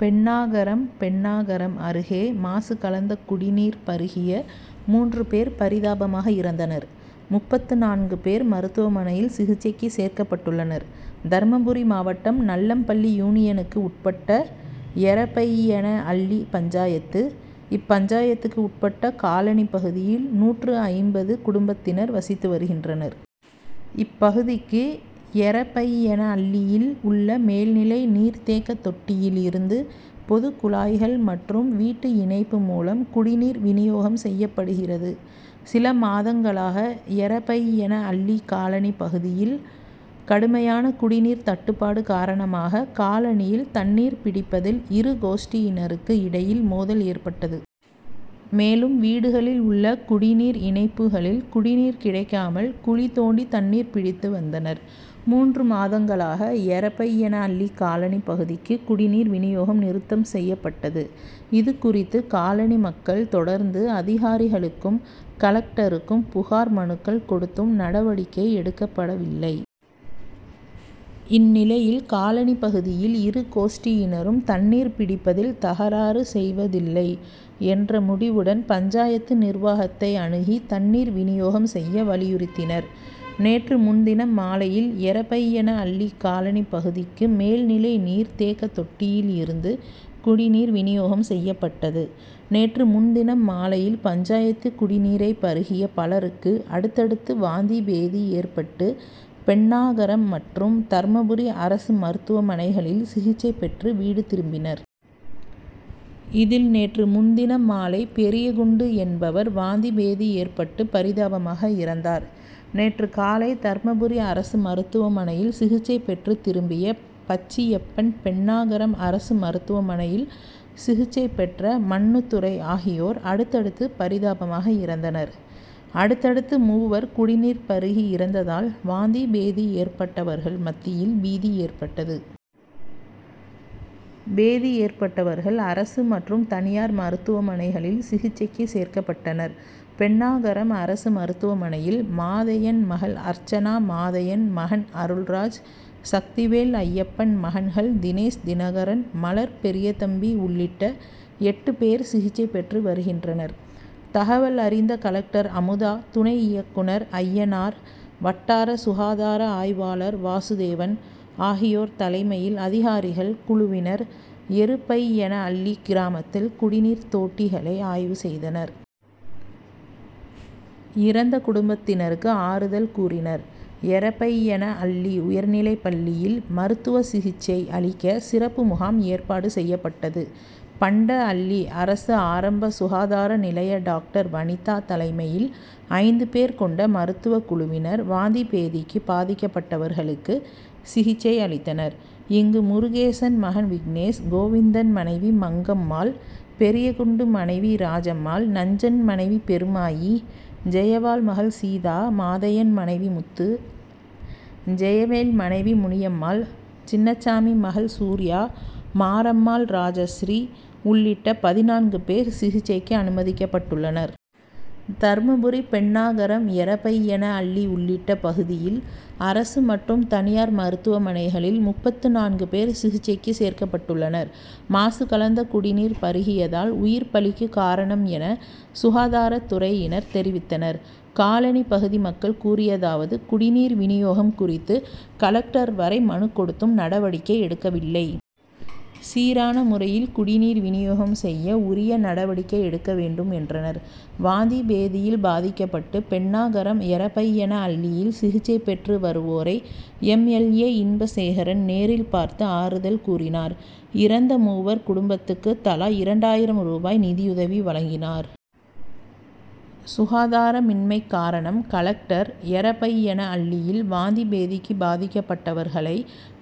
பென்னாகரம் பென்னாகரம் அருகே மாசு கலந்த குடிநீர் பருகிய மூன்று பேர் பரிதாபமாக இறந்தனர். முப்பத்து நான்கு பேர் மருத்துவமனையில் சிகிச்சைக்கு சேர்க்கப்பட்டுள்ளனர். தர்மபுரி மாவட்டம் நல்லம்பள்ளி யூனியனுக்கு உட்பட்ட எரபையனஅள்ளி பஞ்சாயத்து. இப்பஞ்சாயத்துக்கு உட்பட்ட காலனி பகுதியில் நூற்று ஐம்பது குடும்பத்தினர் வசித்து வருகின்றனர். இப்பகுதிக்கு எரபையனஅள்ளியில் உள்ள மேல்நிலை நீர் தேக்க தொட்டியில் இருந்து பொது குழாய்கள் மற்றும் வீட்டு இணைப்பு மூலம் குடிநீர் விநியோகம் செய்யப்படுகிறது. சில மாதங்களாக எரபையன அள்ளி காலனி பகுதியில் கடுமையான குடிநீர் தட்டுப்பாடு காரணமாக காலனியில் தண்ணீர் பிடிப்பதில் இரு கோஷ்டியினருக்கு இடையில் மோதல் ஏற்பட்டது. மேலும் வீடுகளில் உள்ள குடிநீர் இணைப்புகளில் குடிநீர் கிடைக்காமல் குழி தோண்டி தண்ணீர் பிடித்து வந்தனர். மூன்று மாதங்களாக எரபையனஅள்ளி காலனி பகுதிக்கு குடிநீர் விநியோகம் நிறுத்தம் செய்யப்பட்டது. இது குறித்து காலனி மக்கள் தொடர்ந்து அதிகாரிகளுக்கும் கலெக்டருக்கும் புகார் மனுக்கள் கொடுத்தும் நடவடிக்கை எடுக்கப்படவில்லை. இந்நிலையில் காலனி பகுதியில் இரு கோஷ்டியினரும் தண்ணீர் பிடிப்பதில் தகராறு செய்வதில்லை என்ற முடிவுடன் பஞ்சாயத்து நிர்வாகத்தை அணுகி தண்ணீர் விநியோகம் செய்ய வலியுறுத்தினர். நேற்று முன்தினம் மாலையில் எரபையனஅள்ளி காலனி பகுதிக்கு மேல்நிலை நீர் தேக்க தொட்டியில் இருந்து குடிநீர் விநியோகம் செய்யப்பட்டது. நேற்று முன்தினம் மாலையில் பஞ்சாயத்து குடிநீரை பருகிய பலருக்கு அடுத்தடுத்து வாந்தி பேதி ஏற்பட்டு பென்னாகரம் மற்றும் தர்மபுரி அரசு மருத்துவமனைகளில் சிகிச்சை பெற்று வீடு திரும்பினர். இதில் நேற்று முன்தினம் மாலை பெரியகுண்டு என்பவர் வாந்தி பேதி ஏற்பட்டு பரிதாபமாக இறந்தார். நேற்று காலை தர்மபுரி அரசு மருத்துவமனையில் சிகிச்சை பெற்று திரும்பிய பச்சியப்பன் பென்னாகரம் அரசு மருத்துவமனையில் சிகிச்சை பெற்ற மண்ணுதுரை ஆகியோர் அடுத்தடுத்து பரிதாபமாக இறந்தனர். அடுத்தடுத்து மூவர் குடிநீர் பருகி இறந்ததால் வாந்தி பேதி ஏற்பட்டவர்கள் மத்தியில் பீதி ஏற்பட்டது. பேதி ஏற்பட்டவர்கள் அரசு மற்றும் தனியார் மருத்துவமனைகளில் சிகிச்சைக்கு சேர்க்கப்பட்டனர். பென்னாகரம் அரசு மருத்துவமனையில் மாதையன் மகள் அர்ச்சனா மாதையன் மகன் அருள்ராஜ் சக்திவேல் அய்யப்பன் மகன்கள் தினேஷ் தினகரன் மலர் பெரியதம்பி உள்ளிட்ட எட்டு பேர் சிகிச்சை பெற்று வருகின்றனர். தகவல் அறிந்த கலெக்டர் அமுதா துணை இயக்குனர் அய்யனார் வட்டார சுகாதார ஆய்வாளர் வாசுதேவன் ஆகியோர் தலைமையில் அதிகாரிகள் குழுவினர் எருபையனஅள்ளி கிராமத்தில் குடிநீர் தோட்டிகளை ஆய்வு செய்தனர். இறந்த குடும்பத்தினருக்கு ஆறுதல் கூறினர். எரபையனஅள்ளி உயர்நிலைப்பள்ளியில் மருத்துவ சிகிச்சை அளிக்க சிறப்பு முகாம் ஏற்பாடு செய்யப்பட்டது. பண்டஅள்ளி அரசு ஆரம்ப சுகாதார நிலைய டாக்டர் வனிதா தலைமையில் ஐந்து பேர் கொண்ட மருத்துவ குழுவினர் வாந்தி பேதிக்கு பாதிக்கப்பட்டவர்களுக்கு சிகிச்சை அளித்தனர். இங்கு முருகேசன் மகன் விக்னேஷ் கோவிந்தன் மனைவி மங்கம்மாள் பெரியகுண்டு மனைவி ராஜம்மாள் நஞ்சன் மனைவி பெருமாயி ஜெயபால் மகள் சீதா மாதையன் மனைவி முத்து ஜெயவேல் மனைவி முனியம்மாள் சின்னசாமி மகள் சூர்யா மாரம்மாள் ராஜஸ்ரீ உள்ளிட்ட பதினான்கு பேர் சிகிச்சைக்கு அனுமதிக்கப்பட்டுள்ளனர். தர்மபுரி பென்னாகரம் எரபையனஅள்ளி உள்ளிட்ட பகுதியில் அரசு மற்றும் தனியார் மருத்துவமனைகளில் முப்பத்து நான்கு பேர் சிகிச்சைக்கு சேர்க்கப்பட்டுள்ளனர். மாசு கலந்த குடிநீர் பருகியதால் உயிர் பலிக்கு காரணம் என சுகாதாரத்துறையினர் தெரிவித்தனர். காலனி பகுதி மக்கள் கூறியதாவது குடிநீர் விநியோகம் குறித்து கலெக்டர் வரை மனு கொடுத்தும் நடவடிக்கை எடுக்கவில்லை. சீரான முறையில் குடிநீர் விநியோகம் செய்ய உரிய நடவடிக்கை எடுக்க வேண்டும் என்றனர். வாந்தி பேதியில் பாதிக்கப்பட்டு பென்னாகரம் எரபையனஅள்ளியில் சிகிச்சை பெற்று வருவோரை எம். எல். ஏ. இன்பசேகரன் நேரில் பார்த்து ஆறுதல் கூறினார். இறந்த மூவர் குடும்பத்துக்கு தலா இரண்டாயிரம் ரூபாய் நிதியுதவி வழங்கினார். சுகாதாரமின்மை காரணம் கலெக்டர் எரபையனஅள்ளியில் வாந்தி பேதிக்கு பாதிக்கப்பட்டவர்களை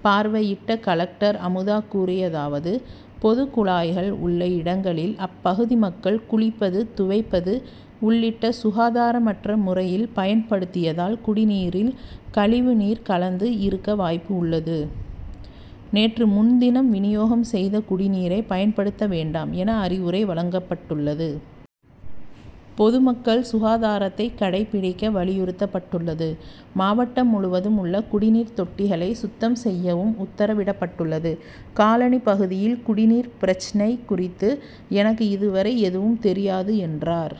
பார்வையிட்ட கலெக்டர் அமுதா கூறியதாவது பொதுக்குழாய்கள் உள்ள இடங்களில் அப்பகுதி மக்கள் குளிப்பது துவைப்பது உள்ளிட்ட சுகாதாரமற்ற முறையில் பயன்படுத்தியதால் குடிநீரில் கழிவு நீர் கலந்து இருக்க வாய்ப்புள்ளது. நேற்று முன்தினம் விநியோகம் செய்த குடிநீரை பயன்படுத்த வேண்டாம் என அறிவுரை வழங்கப்பட்டுள்ளது. பொதுமக்கள் சுகாதாரத்தை கடைப்பிடிக்க வலியுறுத்தப்பட்டுள்ளது. மாவட்டம் முழுவதும் உள்ள குடிநீர் தொட்டிகளை சுத்தம் செய்யவும் உத்தரவிடப்பட்டுள்ளது. காலனி பகுதியில் குடிநீர் பிரச்னை குறித்து எனக்கு இது வரை எதுவும் தெரியாது என்றார்.